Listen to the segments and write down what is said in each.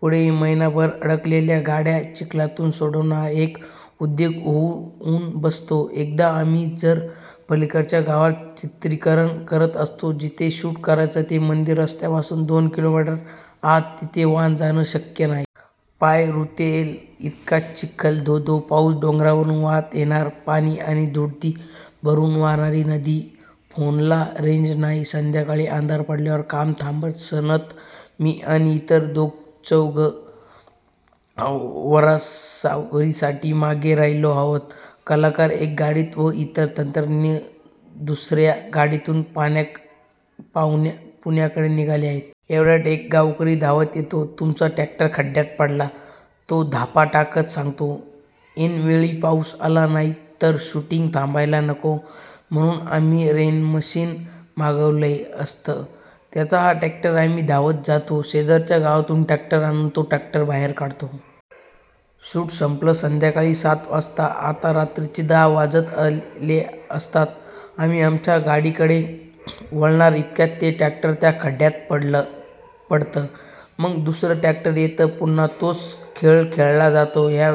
पुढे महिनाभर अडकलेल्या गाड्या चिखलातून सोडवणं हा एक उद्योग होऊन बसतो. एकदा आम्ही जरा पलीकडच्या गावात चित्रीकरण करत असतो. जिथे शूट करायचं ते मंदिर रस्त्यापासून दोन किलोमीटर आत. तिथे वाहन जाणं शक्य नाही. पाय रुतेल इतका चिखल, धो-धो पाऊस. डोंगरावरून वाहत येणारं पाणी आणि दुथडी भरून वाहणारी नदी. फोनला रेंज नाही. संध्याकाळी अंधार पडल्यावर काम थांबतं. सनत, मी आणि इतर दोघंचौघं आवरासावरीसाठी मागे राहिलेलो आहोत. कलाकार एका गाडीत व इतर तंत्रज्ञ दुसर्या गाडीतून पुण्याकडे निघाले आहेत. एवढ्यात एक गावकरी धावत येतो. 'तुमचा टँकर खड्ड्यात पडला', तो धापा टाकत सांगतो. ऐनवेळी पाऊस आला नाही, तर शूटिंग थांबायला नको, म्हणून आम्ही रेनमशिन मागवलेलं असतं. त्याचा हा टॅंकर. आम्ही धावत जातो. शेजारच्या गावातून ट्रॅक्टर आणून तो टॅंकर बाहेर काढतो. शूट संपलं संध्याकाळी सात वाजता, आता रात्रीचे दहा वाजत आलेले असतात. आम्ही आमच्या गाडीकडे वळणार, इतक्यात ते ट्रॅक्टर त्याच खड्ड्यात पडतं. मग दुसरं ट्रॅक्टर येतं. पुन्हा तोच खेळ खेळला जातो. या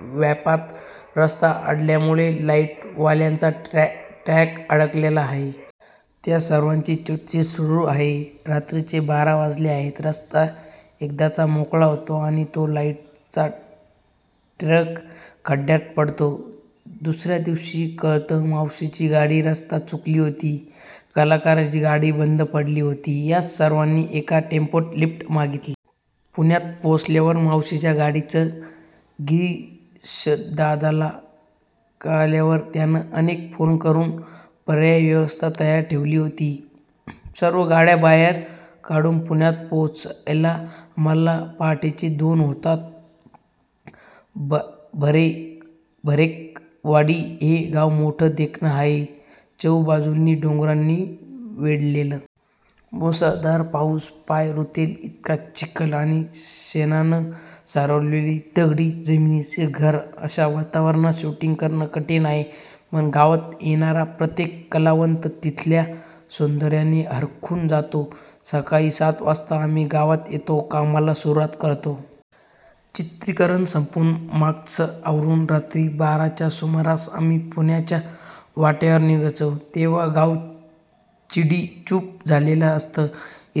व्यापात रस्ता अडल्यामुळे लाईटवाल्यांचा ट्रक अडकला आहे. त्या सर्वांची चीडचीड सुरू आहे. रात्रीचे बारा वाजले आहेत. रस्ता एकदाचा मोकळा होतो आणि तो लाईटचा ट्रक खड्ड्यात पडतो. दुसर्या दिवशी कळतं, मावशींची गाडी रस्ता चुकली होती. कलाकारांची गाडी बंद पडली होती. त्या सर्वांनी एका टेम्पोत लिफ्ट मागितली. पुण्यात पोचल्यावर मावशींच्या गाडीचं गिरीशदादाला कळल्यावर त्यानं अनेक फोन करून पर्यायी व्यवस्था तयार ठेवली होती. सर्व गाड्या बाहेर काढून पुण्यात पोहोचायला आम्हांला पहाटेचे दोन होतात. भरेकरवाडी हे गाव मोठं देखणं आहे. चहुबाजूंनी डोंगरांनी वेढलेलं. मुसळधार पाऊस, पाय रुतेल इतका चिखल आणि शेणानं सारवलेली दगडी जमिनीची घरं. अशा वातावरणात शूटिंग करणं कठीण आहे. पण गावात येणारा प्रत्येक कलावंत तिथल्या सौंदर्यानं हरखून जातो. सकाळी सात वाजता आम्ही गावात येतो, कामाला सुरुवात करतो. चित्रीकरण संपवून, मागचं आवरून रात्री बाराच्या सुमारास आम्ही पुण्याच्या वाटेवर निघायचो तेव्हा गाव चिडीचूप झालेलं असतं.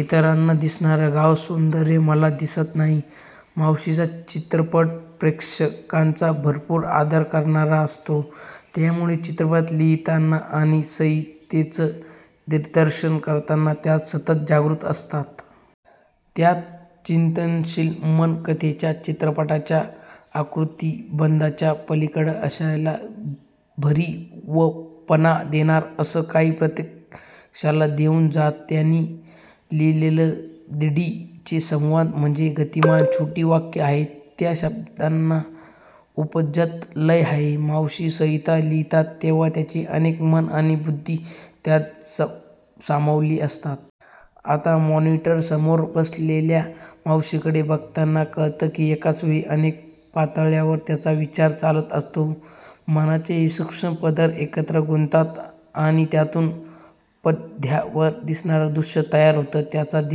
इतरांना दिसणारं गावाचं सौंदर्य मला दिसत नाही. मावशींचा चित्रपट प्रेक्षकाचा भरपूर आदर करणारा असतो. त्यामुळे चित्रपट लिहिताना आणि संहितेचं दिग्दर्शन करताना त्या सतत जागृत असतात. त्यांचं चिंतनशील मन कथेच्या, चित्रपटाच्या आकृतिबंधाच्या पलीकडचं, आशयाला भरीवपणा देणारं असं काही प्रेक्षकाला देऊन जातं. त्यांनी लिहिलेले 'दिठी'चे संवाद म्हणजे गतिमान, छोटी वाक्यं आहेत. त्या शब्दांना उपजत लय आहे. मावशी संहिता लिहितात तेव्हा त्यांची अनेक मनं आणि बुद्धी त्यात सामावली असतात. आता मॉनिटरसमोर बसलेल्या मावशींकडे बघताना कळतं की एकाच वेळी अनेक पातळ्यांवर त्यांचा विचार चालत असतो. मनाचे हे सूक्ष्म पदर एकत्र गुंततात आणि त्यातून पडद्यावर दिसणारं दृश्य तयार होतं. त्यांचा दिवस--